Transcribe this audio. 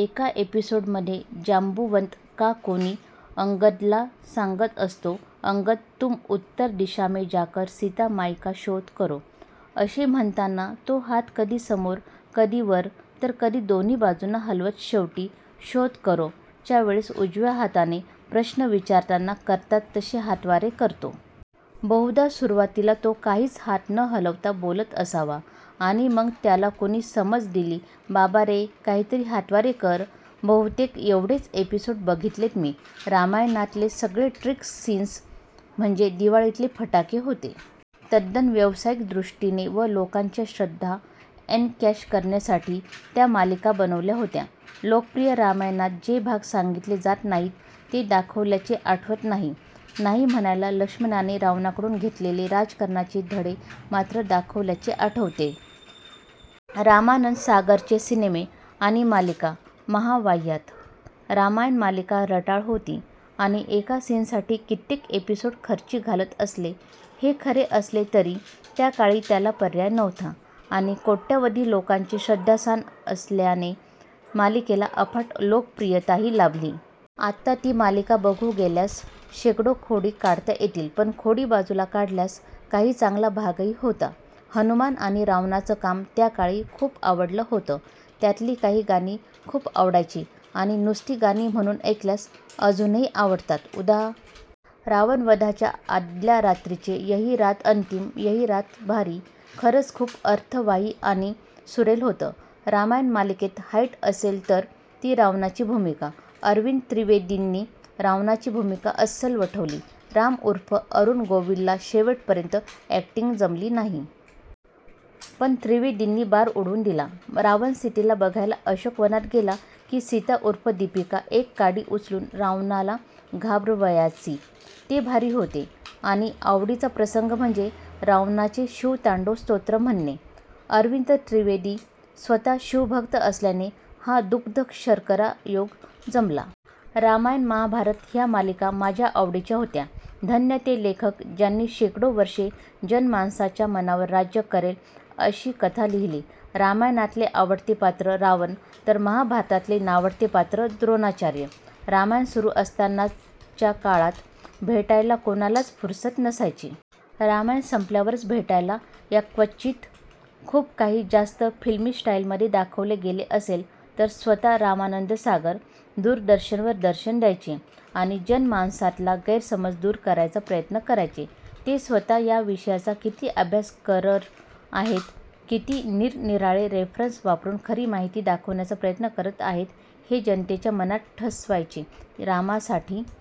एका एपीसोड मध्ये जांबुवंत का कोणी अंगदला सांगत असतो "अंगद, तुम उत्तर दिशामे जाकर सीता माई का शोध करो. " असे म्हणताना तो हात कधी समोर, कधी वर तर कधी दोन्ही बाजूंना हलवत शेवटी "शोध करो" च्या वेळेस उजव्या हाताने, प्रश्न विचारताना करतात तसे हातवारे करतो. बहुधा सुरवातीला तो काहीच हात न हलवता बोलत असावा आणि मग त्याला कुणी समज दिली बाबा रे काही तरी हातवारे कर. बहुतेक एवढेच एपिसोड बघितलेत मी. रामायणातले सगळे ट्रिक सीन्स म्हणजे दिवाळीतले फटाके होते.. तद्दन व्यावसायिक दृष्टीने व लोकांच्या श्रद्धा एनकॅश करण्यासाठी त्या मालिका बनवल्या होत्या. लोकप्रिय रामायणात जे भाग सांगितले जात नाहीत ते दाखवल्याचे आठवत नाही. नाही म्हणायला लक्ष्मणाने रावणाकडून घेतलेले राजकारणाचे धडे मात्र दाखवल्याचे आठवतेय. रामानन्द सागरचे सिनेमे आणि मालिका महावाह्यात. रामायण मालिका रटाळ होती आणि एका सीनसाठी कित्येक एपिसोड खर्ची घालत असले हे खरे असले तरी त्याकाळी त्याला पर्याय नव्हता आणि कोट्यावधी लोकांचे श्रध्दास्थान असल्याने मालिकेला अफाट लोकप्रियताही लाभली. आता ती मालिका बघू गेल्यास शेकडो खोडी काढता येतील. पण खोडी बाजूला काढल्यास काही चांगला भागही होता. हनुमान आणि रावणाचं काम त्याकाळी खूप आवडलं होतं. त्यातली काही गाणी खूप आवडायची आणि नुसती गाणी म्हणून ऐकल्यास अजूनही आवडतात, उदा. रावणवधाच्या आदल्या रात्रीचे 'यही रात अंतिम यही रात भारी' खरंच खूप अर्थवाही आणि सुरेल होतं. रामायण मालिकेत हाईट असेल तर ती रावणाची भूमिका. अरविंद त्रिवेंदींनी रावणाची भूमिका अस्सल वठवली. राम उर्फ अरुण गोविलला शेवटपर्यंत अॅक्टिंग जमली नाही. पण त्रिवेदींनी बार उडवुन दिला. रावण सीतेला बघायला अशोक वनात गेला की सीता उर्फ दिपीका एक काडी उचलुन रावणाला घाबरवायची ते भारी होते. आणी आवडीचा प्रसंग म्हणजे रावणाचे शिवतांडव स्तोत्र म्हणणे. अरविंद त्रिवेदी स्वतः शिव भक्त असल्याने हा दुग्ध-शर्करा योग जमला. रामायण, महाभारत ह्या मालिका माझ्या आवडीच्या होत्या. धन्य ते लेखक ज्यांनी शेकडो वर्षे जनमानसाच्या मनावर राज्य करेल अशी कथा लिहली. रामायणातले आवडते पात्र रावण तर महाभारतातले नावडते पात्र द्रोणाचार्य. रामायण सुरु असतानाच्या काळात भेटायला कुणालाच फुरसत नसायची. रामायण सम्पल्यावरच भेटायला याक्वचित खुप काही 'जास्त' फिल्मी स्टाईलमधे दाखवले गेले असेल तर स्वत: रामानन्द सागर दुरदर्शनवर दर्शन द्यायचे आणि जनमानसातला गैरसमज दुर करायचा प्रयत्न करायचे. ते स्वत: या विषयाचा किती अभ्यास करर आहेत, किती निर-निराळे रेफरन्स वापरुन खरी माहिती दाखवण्याचा प्रयत्न करत आहेत हे जनतेच्या मनात ठसवायचे. रामासाठी